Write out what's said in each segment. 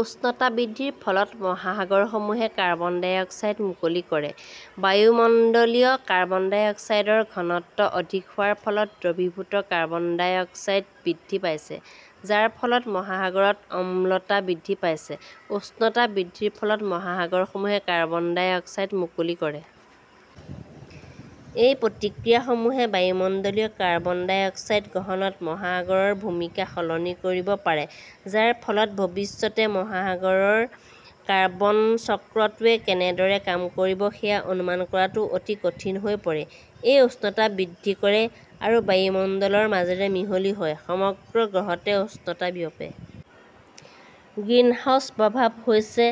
উষ্ণতা বৃদ্ধিৰ ফলত মহাসাগৰসমূহে কাৰ্বন ডাই অক্সাইড মুকলি কৰে। বায়ুমণ্ডলীয় কাৰ্বন ডাই অক্সাইডৰ ঘনত্ব অধিক হোৱাৰ ফলত দ্ৰবীভূত কাৰ্বন ডাই অক্সাইড বৃদ্ধি পাইছে, যাৰ ফলত মহাসাগৰত অম্লতা বৃদ্ধি পাইছে। উষ্ণতা বৃদ্ধিৰ ফলত মহাসাগৰসমূহে কাৰ্বন ডাই অক্সাইড মুকলি কৰে। এই প্ৰতিক্ৰিয়াসমূহে বায়ুমণ্ডলীয় কাৰ্বন ডাই অক্সাইড গ্ৰহণত মহাসাগৰৰ ভূমিকা সলনি কৰিব পাৰে যাৰ ফলত ভৱিষ্যতে মহাসাগৰৰ কাৰ্বন চক্ৰটোৱে কেনেদৰে কাম কৰিব সেয়া অনুমান কৰাটো অতি কঠিন হৈ পৰে। -এ উষ্ণতা বৃদ্ধি কৰে আৰু বায়ুমণ্ডলৰ মাজেৰে মিহলি হয়, সমগ্ৰ গ্ৰহতে উষ্ণতা বিয়পে। গ্ৰীণহাউছ প্ৰভাৱ হৈছে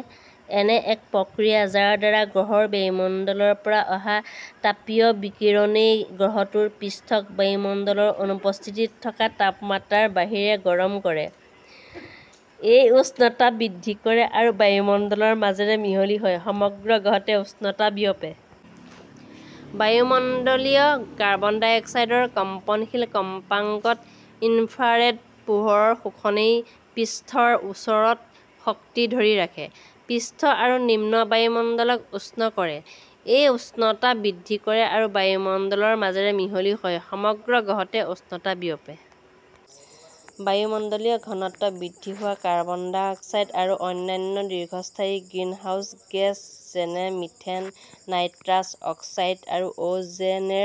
এনে এক প্ৰক্ৰিয়া যাৰ দ্বাৰা গ্ৰহৰ বায়ুমণ্ডলৰ পৰা অহা তাপীয় বিকিৰণই গ্ৰহটোৰ পৃষ্ঠক বায়ুমণ্ডলৰ অনুপস্থিতিত থকা তাপমাত্ৰাৰ বাহিৰে গৰম কৰে। -এ উষ্ণতা বৃদ্ধি কৰে আৰু বায়ুমণ্ডলৰ মাজেৰে মিহলি হয়, সমগ্ৰ গ্ৰহতে উষ্ণতা বিয়পে। বায়ুমণ্ডলীয় কাৰ্বন ডাই অক্সাইডৰ কম্পনশীল কম্পাঙ্কত ইনফ্ৰাৰেড পোহৰৰ শোষণই পৃষ্ঠৰ ওচৰত শক্তি ধৰি ৰাখে, পৃষ্ঠ আৰু নিম্ন বায়ুমণ্ডলক উষ্ণ কৰে। -এ উষ্ণতা বৃদ্ধি কৰে আৰু বায়ুমণ্ডলৰ মাজেৰে মিহলি হয়, সমগ্ৰ গ্ৰহতে উষ্ণতা বিয়পে। বায়ুমণ্ডলীয় ঘনত্ব বৃদ্ধি হোৱা কাৰ্বন ডাই অক্সাইড আৰু অন্যান্য দীৰ্ঘস্থায়ী গ্ৰীণহাউচ গেছ যেনে মিথেন, নাইট্ৰাছ অক্সাইড আৰু অ 'জ' নে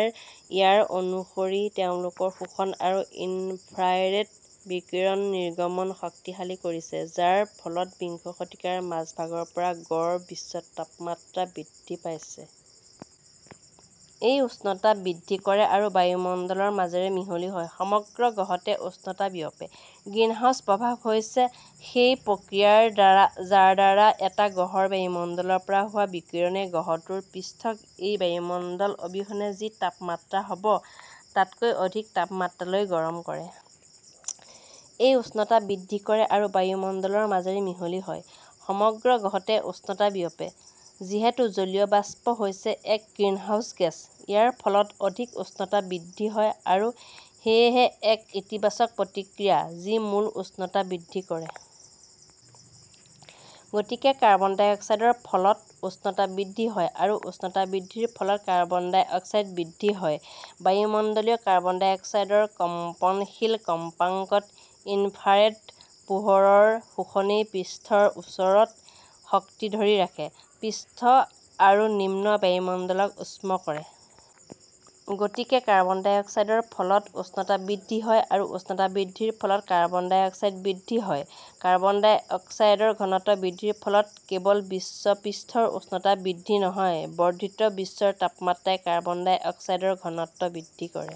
ইয়াৰ অনুসৰি তেওঁলোকৰ শোষণ আৰু ইনফ্ৰাৰেড বিকিৰণ নিৰ্গমন শক্তিশালী কৰিছে, যাৰ ফলত বিংশ শতিকাৰ মাজভাগৰ পৰা গড় বিশ্ব তাপমাত্ৰা বৃদ্ধি পাইছে। -এ উষ্ণতা বৃদ্ধি কৰে আৰু বায়ুমণ্ডলৰ মাজেৰে মিহলি হয়, সমগ্ৰ গ্ৰহতে উষ্ণতা বিয়পে। গ্ৰীণহাউছ প্ৰভাৱ হৈছে সেই প্ৰক্ৰিয়া যাৰ দ্বাৰা এটা গ্ৰহৰ বায়ুমণ্ডলৰ পৰা হোৱা বিকিৰণই গ্ৰহটোৰ পৃষ্ঠক এই বায়ুমণ্ডল অবিহনে যি তাপমাত্ৰা হ 'ব তাতকৈ অধিক তাপমাত্ৰালৈ গৰম কৰে। -এ উষ্ণতা বৃদ্ধি কৰে আৰু বায়ুমণ্ডলৰ মাজেৰে মিহলি হয়, সমগ্ৰ গ্ৰহতে উষ্ণতা বিয়পে। যিহেতু জলীয় বাষ্প হৈছে এক গ্ৰীণহাউচ গেছ, ইয়াৰ ফলত অধিক উষ্ণতা বৃদ্ধি হয় আৰু সেয়েহে এক "ইতিবাচক প্ৰতিক্ৰিয়া" যি মূল উষ্ণতা বৃদ্ধি কৰে। গতিকে কাৰ্বন ডাই অক্সাইডৰ ফলত উষ্ণতা বৃদ্ধি হয় আৰু উষ্ণতা বৃদ্ধিৰ ফলত কাৰ্বন ডাই অক্সাইড বৃদ্ধি হয়। বায়ুমণ্ডলীয় কাৰ্বন ডাই অক্সাইডৰ কম্পনশীল কম্পাঙ্কত ইনফ্ৰাৰেড পোহৰৰ শোষণই পৃষ্ঠৰ ওচৰত শক্তি ধৰি ৰাখে, পৃষ্ঠ আৰু নিম্ন বায়ুমণ্ডলক উষ্ণ কৰে। গতিকে কাৰ্বন ডাই অক্সাইডৰ ফলত উষ্ণতা বৃদ্ধি হয় আৰু উষ্ণতা বৃদ্ধিৰ ফলত কাৰ্বন ডাই অক্সাইড বৃদ্ধি হয়। কাৰ্বন ডাই অক্সাইডৰ ঘনত্ব বৃদ্ধিৰ ফলত কেৱল বিশ্ব পৃষ্ঠৰ উষ্ণতা বৃদ্ধি নহয়, বৰ্ধিত বিশ্বৰ তাপমাত্ৰাই কাৰ্বন ডাই অক্সাইডৰ ঘনত্ব বৃদ্ধি কৰে।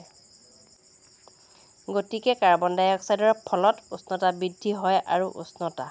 গতিকে কাৰ্বন ডাই অক্সাইডৰ ফলত উষ্ণতা বৃদ্ধি হয় আৰু উষ্ণতা